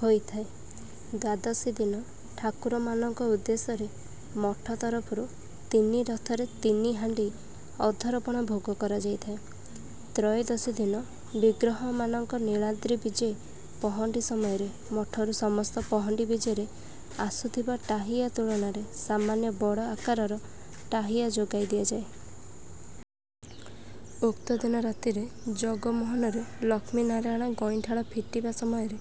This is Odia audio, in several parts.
ହୋଇଥାଏ। ଦ୍ୱାଦଶୀ ଦିନ ଠାକୁରମାନଙ୍କ ଉଦ୍ଦେଶ୍ୟରେ ମଠ ତରଫରୁ ତିନି ରଥରେ ତିନି ହାଣ୍ଡି ଅଧର ପଣା ଭୋଗ କରାଯାଇଥାଏ। ତ୍ରୟୋଦଶୀ ଦିନ ବିଗ୍ରହମାନଙ୍କ ନୀଳାଦ୍ରି ବିଜେ ପହଣ୍ଡି ସମୟରେ ମଠରୁ ସମସ୍ତ ପହଣ୍ଡି ବିଜେରେ ଆସୁଥିବା ଟାହିୟା ତୁଳନାରେ ସାମାନ୍ୟ ବଡ଼ ଆକାରର ଟାହିୟା ଯୋଗାଇ ଦିଆଯାଏ। ଉକ୍ତ ଦିନ ରାତିରେ ଜଗମୋହନରେ ଲକ୍ଷ୍ମୀନାରାୟଣ ଗଇଁଠାଳ ଫିଟିବା ସମୟରେ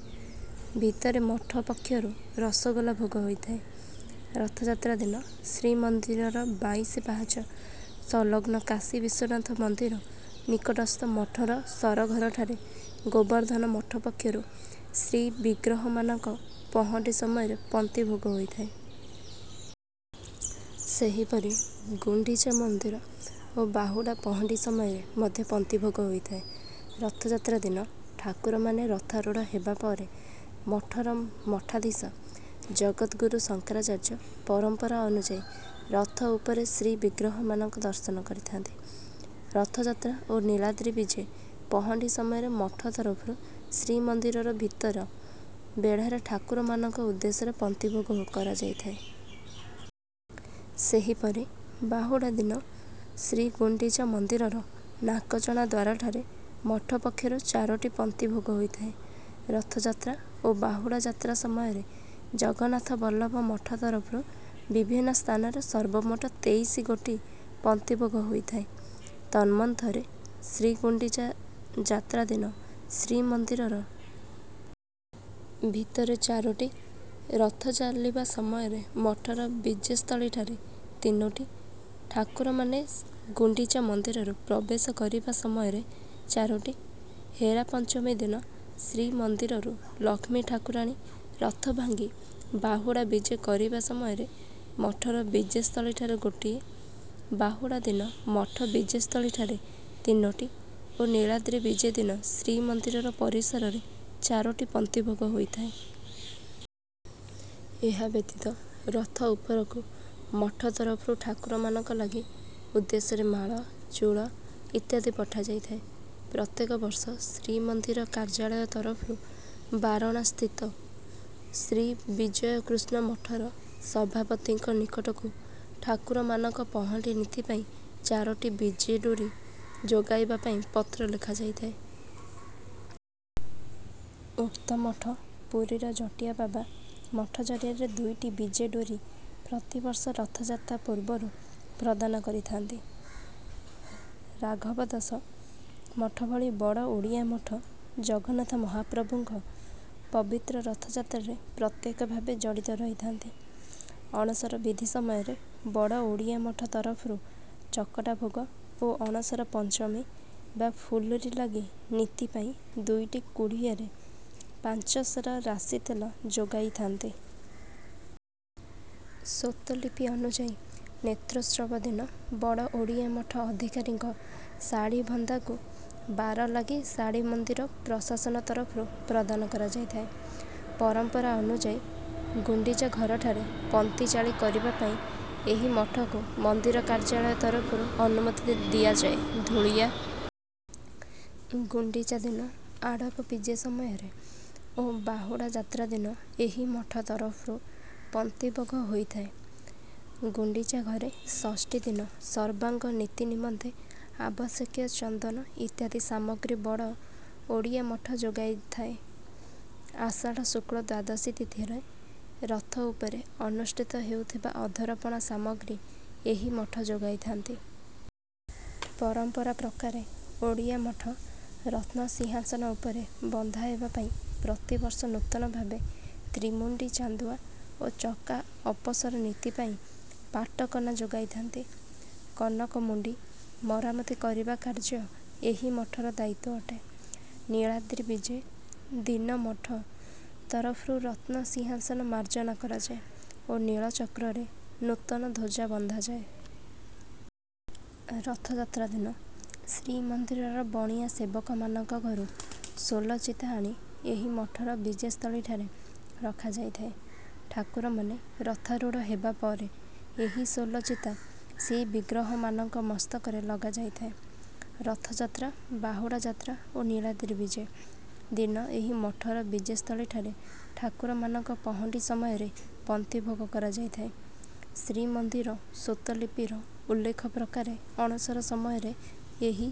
ଭିତରେ ମଠ ପକ୍ଷରୁ ରସଗୋଲା ଭୋଗ ହୋଇଥାଏ। ରଥଯାତ୍ରା ଦିନ ଶ୍ରୀମନ୍ଦିରର ବାଇଶି ପାହାଚ ସଂଲଗ୍ନ କାଶୀ ବିଶ୍ୱନାଥ ମନ୍ଦିର ନିକଟସ୍ଥ ମଠର ସରଘରଠାରେ ଗୋବର୍ଦ୍ଧନ ମଠ ପକ୍ଷରୁ ଶ୍ରୀବିଗ୍ରହମାନଙ୍କ ପହଣ୍ଡି ସମୟରେ ପନ୍ତି ଭୋଗ ହୋଇଥାଏ। ସେହିପରି ଗୁଣ୍ଡିଚା ମନ୍ଦିର ଓ ବାହୁଡ଼ା ପହଣ୍ଡି ସମୟରେ ମଧ୍ୟ ପନ୍ତି ଭୋଗ ହୋଇଥାଏ। ରଥଯାତ୍ରା ଦିନ ଠାକୁରମାନେ ରଥାରୂଢ଼ ହେବା ପରେ ମଠର ମଠାଧୀଶ ଜଗଦ୍‌ଗୁରୁ ଶଙ୍କରାଚାର୍ଯ୍ୟ ପରମ୍ପରା ଅନୁଯାୟୀ ରଥ ଉପରେ ଶ୍ରୀବିଗ୍ରହମାନଙ୍କ ଦର୍ଶନ କରିଥାନ୍ତି। ରଥଯାତ୍ରା ଓ ନୀଳାଦ୍ରି ବିଜେ ପହଣ୍ଡି ସମୟରେ ମଠ ତରଫରୁ ଶ୍ରୀମନ୍ଦିରର ଭିତର ବେଢ଼ାରେ ଠାକୁରମାନଙ୍କ ଉଦ୍ଦେଶ୍ୟରେ ପନ୍ତି ଭୋଗ କରାଯାଇଥାଏ। ସେହିପରି ବାହୁଡ଼ା ଦିନ ଶ୍ରୀଗୁଣ୍ଡିଚା ମନ୍ଦିରର ନାକଚଣା ଦ୍ୱାରଠାରେ ମଠ ପକ୍ଷରୁ ଚାରୋଟି ପନ୍ତି ଭୋଗ ହୋଇଥାଏ। ରଥଯାତ୍ରା ଓ ବାହୁଡ଼ା ଯାତ୍ରା ସମୟରେ ଜଗନ୍ନାଥବଲ୍ଲଭ ମଠ ତରଫରୁ ବିଭିନ୍ନ ସ୍ଥାନରେ ସର୍ବମୋଟ ତେଇଶି ଗୋଟି ପନ୍ତି ଭୋଗ ହୋଇଥାଏ। ତନ୍ମଧ୍ୟରେ ଶ୍ରୀଗୁଣ୍ଡିଚା ଯାତ୍ରା ଦିନ ଶ୍ରୀମନ୍ଦିର ଭିତରେ ଚାରୋଟି, ରଥ ଚାଲିବା ସମୟରେ ମଠର ବିଜେସ୍ଥଳୀଠାରେ ତିନୋଟି, ଠାକୁରମାନେ ଗୁଣ୍ଡିଚା ମନ୍ଦିରରେ ପ୍ରବେଶ କରିବା ସମୟରେ ଚାରୋଟି, ହେରାପଞ୍ଚମୀ ଦିନ ଶ୍ରୀମନ୍ଦିରରୁ ଲକ୍ଷ୍ମୀ ଠାକୁରାଣୀ ରଥ ଭାଙ୍ଗି ବାହୁଡ଼ା ବିଜେ କରିବା ସମୟରେ ମଠର ବିଜେସ୍ଥଳୀଠାରେ ଗୋଟିଏ, ବାହୁଡ଼ା ଦିନ ମଠ ବିଜେସ୍ଥଳୀଠାରେ ତିନୋଟି ଓ ନୀଳାଦ୍ରି ବିଜେ ଦିନ ଶ୍ରୀମନ୍ଦିରର ପରିସରରେ ଚାରୋଟି ପନ୍ତି ଭୋଗ ହୋଇଥାଏ। ଏହା ବ୍ୟତୀତ ରଥ ଉପରକୁ ମଠ ତରଫରୁ ଠାକୁରମାନଙ୍କ ଲାଗି ଉଦ୍ଦେଶ୍ୟରେ ମାଳ, ଚୂଳ ଇତ୍ୟାଦି ପଠାଯାଇଥାଏ। ପ୍ରତ୍ୟେକ ବର୍ଷ ଶ୍ରୀମନ୍ଦିର କାର୍ଯ୍ୟାଳୟ ତରଫରୁ ବାରଣାସୀସ୍ଥ ଶ୍ରୀ ବିଜୟକୃଷ୍ଣ ମଠର ସଭାପତିଙ୍କ ନିକଟକୁ ଠାକୁରମାନଙ୍କ ପହଣ୍ଡି ନୀତି ପାଇଁ ଚାରୋଟି ବିଜେ ଡୋରି ଯୋଗାଇବା ପାଇଁ ପତ୍ର ଲେଖା ଯାଇଥାଏ। ଉକ୍ତ ମଠ ପୁରୀର ଜଟିଆ ବାବା ମଠ ଜରିଆରେ ଦୁଇଟି ବିଜେ ଡୋରି ପ୍ରତିବର୍ଷ ରଥଯାତ୍ରା ପୂର୍ବରୁ ପ୍ରଦାନ କରିଥାନ୍ତି। ରାଘବ ଦାସ ମଠ ଭଳି ବଡ଼ ଓଡ଼ିଆ ମଠ ଜଗନ୍ନାଥ ମହାପ୍ରଭୁଙ୍କ ପବିତ୍ର ରଥଯାତ୍ରାରେ ପ୍ରତ୍ୟକ୍ଷ ଭାବେ ଜଡ଼ିତ ରହିଥାନ୍ତି। ଅଣସର ବିଧି ସମୟରେ ବଡ଼ ଓଡ଼ିଆ ମଠ ତରଫରୁ ଚକଟା ଭୋଗ ଓ ଅଣସର ପଞ୍ଚମୀ ବା ଫୁଲୁରି ଲାଗି ନୀତି ପାଇଁ ଦୁଇଟି କୁଡ଼ୁଆରେ ପାଞ୍ଚ ସେର ରାଶି ତେଲ ଯୋଗାଇଥାନ୍ତି। ସ୍ୱତ୍ତ୍ୱଲିପି ଅନୁଯାୟୀ ନେତ୍ରୋତ୍ସବ ଦିନ ବଡ଼ ଓଡ଼ିଆ ମଠ ଅଧିକାରୀଙ୍କ ଶାଢ଼ୀ ବନ୍ଧାକୁ ବାର ଲାଗି ଶାଢ଼ୀ ମନ୍ଦିର ପ୍ରଶାସନ ତରଫରୁ ପ୍ରଦାନ କରାଯାଇଥାଏ। ପରମ୍ପରା ଅନୁଯାୟୀ ଗୁଣ୍ଡିଚା ଘରଠାରେ ପନ୍ତି ଚାଳି କରିବା ପାଇଁ ଏହି ମଠକୁ ମନ୍ଦିର କାର୍ଯ୍ୟାଳୟ ତରଫରୁ ଅନୁମତି ଦିଆଯାଏ। ଧୂଳିଆ ଗୁଣ୍ଡିଚା ଦିନ ଆଡ଼ପ ବିଜେ ସମୟରେ ଓ ବାହୁଡ଼ା ଯାତ୍ରା ଦିନ ଏହି ମଠ ତରଫରୁ ପନ୍ତିଭୋଗ ହୋଇଥାଏ। ଗୁଣ୍ଡିଚା ଘରେ ଷଷ୍ଠୀ ଦିନ ସର୍ବାଙ୍ଗ ନୀତି ନିମନ୍ତେ ଆବଶ୍ୟକୀୟ ଚନ୍ଦନ ଇତ୍ୟାଦି ସାମଗ୍ରୀ ବଡ଼ ଓଡ଼ିଆ ମଠ ଯୋଗାଇଥାଏ। ଆଷାଢ଼ ଶୁକ୍ଳ ଦ୍ୱାଦଶୀ ତିଥିରେ ରଥ ଉପରେ ଅନୁଷ୍ଠିତ ହେଉଥିବା ଅଧରପଣା ସାମଗ୍ରୀ ଏହି ମଠ ଯୋଗାଇଥାନ୍ତି। ପରମ୍ପରା ପ୍ରକାରେ ଓଡ଼ିଆ ମଠ ରତ୍ନସିଂହାସନ ଉପରେ ବନ୍ଧା ହେବା ପାଇଁ ପ୍ରତିବର୍ଷ ନୂତନ ଭାବେ ତ୍ରିମୁଣ୍ଡି ଚାନ୍ଦୁଆ ଓ ଚକା ଅପସର ନୀତି ପାଇଁ ପାଟ କନା ଯୋଗାଇଥାନ୍ତି। କନକମୁଣ୍ଡି ମରାମତି କରିବା କାର୍ଯ୍ୟ ଏହି ମଠର ଦାୟିତ୍ୱ ଅଟେ। ନୀଳାଦ୍ରି ବିଜେ ଦିନ ମଠ ତରଫରୁ ରତ୍ନସିଂହାସନ ମାର୍ଜନା କରାଯାଏ ଓ ନୀଳଚକ୍ରରେ ନୂତନ ଧ୍ୱଜା ବନ୍ଧାଯାଏ। ରଥଯାତ୍ରା ଦିନ ଶ୍ରୀମନ୍ଦିରର ବଣିଆ ସେବକମାନଙ୍କ ଘରୁ ସୋଲ ଚିତା ଆଣି ଏହି ମଠର ବିଜେସ୍ଥଳୀଠାରେ ରଖାଯାଇଥାଏ। ଠାକୁରମାନେ ରଥାରୂଢ଼ ହେବା ପରେ ଏହି ସୋଲ ଚିତା ଶ୍ରୀବିଗ୍ରହମାନଙ୍କ ମସ୍ତକରେ ଲଗାଯାଇଥାଏ। ରଥଯାତ୍ରା, ବାହୁଡ଼ା ଯାତ୍ରା ଓ ନୀଳାଦ୍ରି ବିଜେ ଦିନ ଏହି ମଠର ବିଜେସ୍ଥଳୀଠାରେ ଠାକୁରମାନଙ୍କ ପହଣ୍ଡି ସମୟରେ ପନ୍ତି ଭୋଗ କରାଯାଇଥାଏ। ଶ୍ରୀମନ୍ଦିର ସ୍ୱତ୍ତ୍ୱଲିପିର ଉଲ୍ଲେଖ ପ୍ରକାରେ ଅଣସର ସମୟରେ ଏହି...